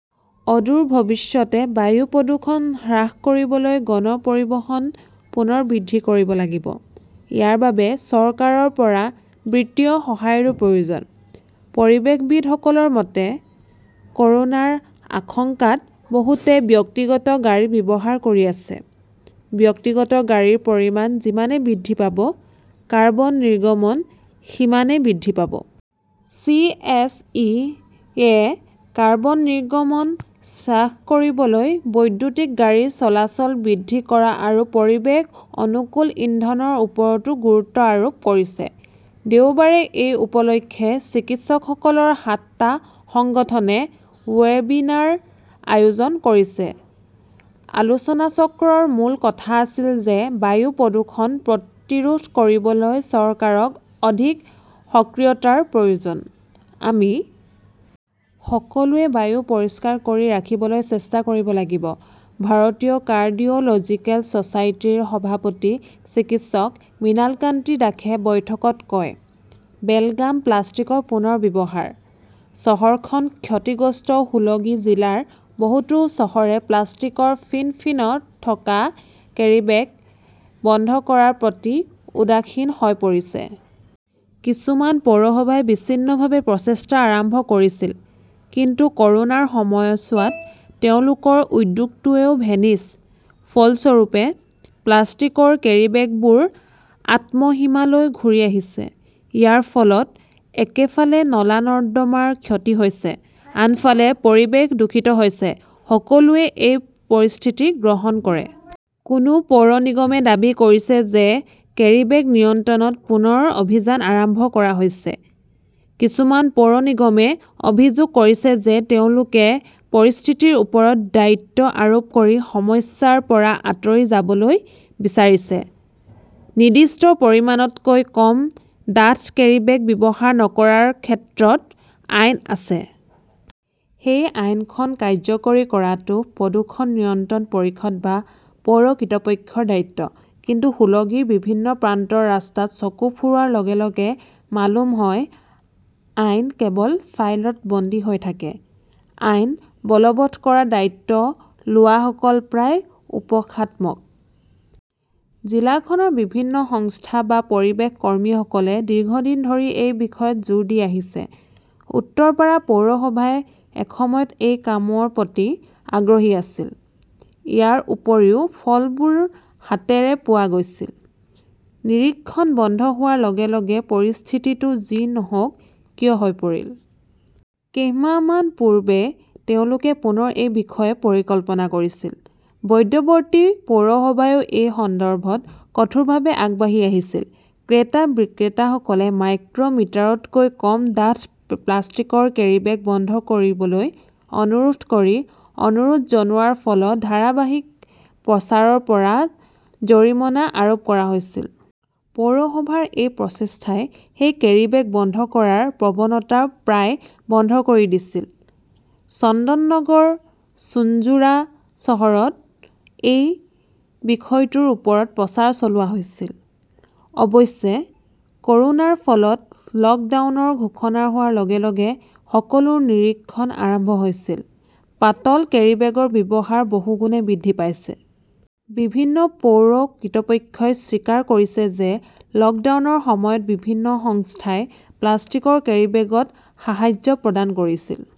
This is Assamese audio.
অদূৰ ভৱিষ্যতে বায়ু প্ৰদূষণ হ্ৰাস কৰিবলৈ গণ পৰিবহণ পুনৰ বৃদ্ধি কৰিব লাগিব। ইয়াৰ বাবে চৰকাৰৰ পৰা বিত্তীয় সহায়ৰো প্ৰয়োজন। পৰিৱেশবিদসকলৰ মতে, কৰোনাৰ আশংকাত বহুতে ব্যক্তিগত গাড়ী ব্যৱহাৰ কৰি আছে। ব্যক্তিগত গাড়ীৰ পৰিমাণ যিমানে বৃদ্ধি পাব, কাৰ্বন নিৰ্গমন সিমানে বৃদ্ধি পাব। চি. এছ. ই. -য়ে কাৰ্বন নিৰ্গমন হ্ৰাস কৰিবলৈ বৈদ্যুতিক গাড়ীৰ চলাচল বৃদ্ধি কৰা আৰু পৰিৱেশ অনুকূল ইন্ধনৰ ওপৰতো গুৰুত্ব আৰোপ কৰিছে। দেওবাৰে এই উপলক্ষে চিকিৎসকসকলৰ সাতটা সংগঠনে ৱেবিনাৰ আয়োজন কৰিছিল। আলোচনাচক্ৰৰ মূল কথা আছিল যে বায়ু প্ৰদূষণ প্ৰতিৰোধ কৰিবলৈ চৰকাৰক অধিক সক্ৰিয়তাৰ প্ৰয়োজন। আমি সকলোৱে বায়ু পৰিষ্কাৰ কৰি ৰাখিবলৈ চেষ্টা কৰিব লাগিব, ভাৰতীয় কাৰ্ডিয় লজিকেল ছচাইটিৰ সভাপতি চিকিৎসক মৃণালকান্তি দাসে বৈঠকত কয়, বেলগাম প্লাষ্টিকৰ পুনৰ ব্যৱহাৰ, চহৰখন ক্ষতিগ্ৰস্ত হুগলী জিলাৰ বহুতো চহৰে প্লাষ্টিকৰ ফিনফিনত থকা কেৰীবেগ বন্ধ কৰাৰ প্ৰতি উদাসীন হৈ পৰিছে। কিছুমান পৌৰসভাই বিচ্ছিন্নভাৱে প্ৰচেষ্টা আৰম্ভ কৰিছিল। কিন্তু কৰোনাৰ সময়ছোৱাত তেওঁলোকৰ উদ্যোগটোও 'ভেনিছ। ফলস্বৰূপে, প্লাষ্টিকৰ কেৰীবেগবোৰ আত্মহিমালৈ ঘূৰি আহিছে। ইয়াৰ ফলত একেফালে নলা-নৰ্দমাৰ ক্ষতি হৈছে, আনহাতে পৰিৱেশ দূষিত হৈছে। সকলোৱে এই পৰিস্থিতি গ্ৰহণ কৰে। কোনো পৌৰ নিগমে দাবী কৰিছে যে কেৰীবেগ নিয়ন্ত্ৰণত পুনৰ অভিযান আৰম্ভ কৰা হৈছে। কিছুমান পৌৰ নিগমে অভিযোগ কৰিছে যে তেওঁলোকে পৰিস্থিতিৰ ওপৰত দায়িত্ব আৰোপ কৰি সমস্যাৰ পৰা আঁতৰি যাবলৈ বিচাৰিছে। নিৰ্দিষ্ট পৰিমাণতকৈ কম ডাঠ কেৰীবেগ ব্যৱহাৰ নকৰাৰ ক্ষেত্ৰত আইন আছে। সেই আইনখন কাৰ্যকৰী কৰাটো প্ৰদূষণ নিয়ন্ত্ৰণ পৰিষদ আৰু পৌৰ কৰ্তৃপক্ষৰ দায়িত্ব। কিন্তু হুগলীৰ বিভিন্ন প্ৰান্তৰ ৰাস্তাত চকু ফুৰোৱাৰ লগে-লগে মালুম হয়, আইন কেৱল ফাইলত বন্দী হৈ থাকে। আইন বলৱৎ কৰাৰ দায়িত্ব লোৱাসকল প্ৰায় উপহাসাত্মক। জিলাখনৰ বিভিন্ন সংস্থা আৰু পৰিৱেশ কৰ্মীসকলে দীৰ্ঘদিন ধৰি এই বিষয়ত জোৰ দি আহিছে। উত্তৰপাৰা পৌৰসভাই এসময়ত এই কামৰ প্ৰতি আগ্ৰহী আছিল। ইয়াৰ উপৰিও ফলবোৰ হাতেৰে পোৱা গৈছিল। নিৰীক্ষণ বন্ধ হোৱাৰ লগে -লগে পৰিস্থিতিটো যি নহওক কিয় হৈ পৰে। কেইমাহমান পূৰ্বে তেওঁলোকে পুনৰ এই বিষয়ে পৰিকল্পনা কৰিছিল। বৈদ্যবতী পৌৰসভাও এই সন্দৰ্ভত কঠোৰভাৱে আগবাঢ়ি আহিছিল। ক্ৰেতা-বিক্ৰেতাসকলে মাইক্ৰ মিটাৰতকৈ কম ডাঠ প্লাষ্টিকৰ কেৰীবেগ বন্ধ কৰিবলৈ অনুৰোধ কৰি অনুৰোধ জনোৱাৰ ফলত ধাৰাবাহিক প্ৰচাৰৰ পৰা জৰিমনা আৰোপ কৰা হৈছিল। পৌৰসভাৰ এই প্ৰচেষ্টাই সেই কেৰীবেগ বন্ধ কৰাৰ প্ৰৱণতা প্ৰায় বন্ধ কৰি দিছিল। চন্দননগৰ, চুঞ্চুৰা চহৰতো এই বিষয়টোৰ ওপৰত প্ৰচাৰ চলোৱা হৈছিল। অৱশ্যে, কৰোনাৰ ফলত লকডাউন ঘোষণা হোৱাৰ লগে-লগে সকলো নিৰীক্ষণ আৰম্ভ হৈছিল। পাতল কেৰীবেগৰ ব্যৱহাৰ বহুগুণে বৃদ্ধি পাইছে। বিভিন্ন পৌৰ কৰ্তৃপক্ষই স্বীকাৰ কৰিছে যে লকডাউনৰ সময়ত বিভিন্ন সংস্থাই প্লাষ্টিকৰ কেৰীবেগত সাহায্য প্ৰদান কৰিছিল।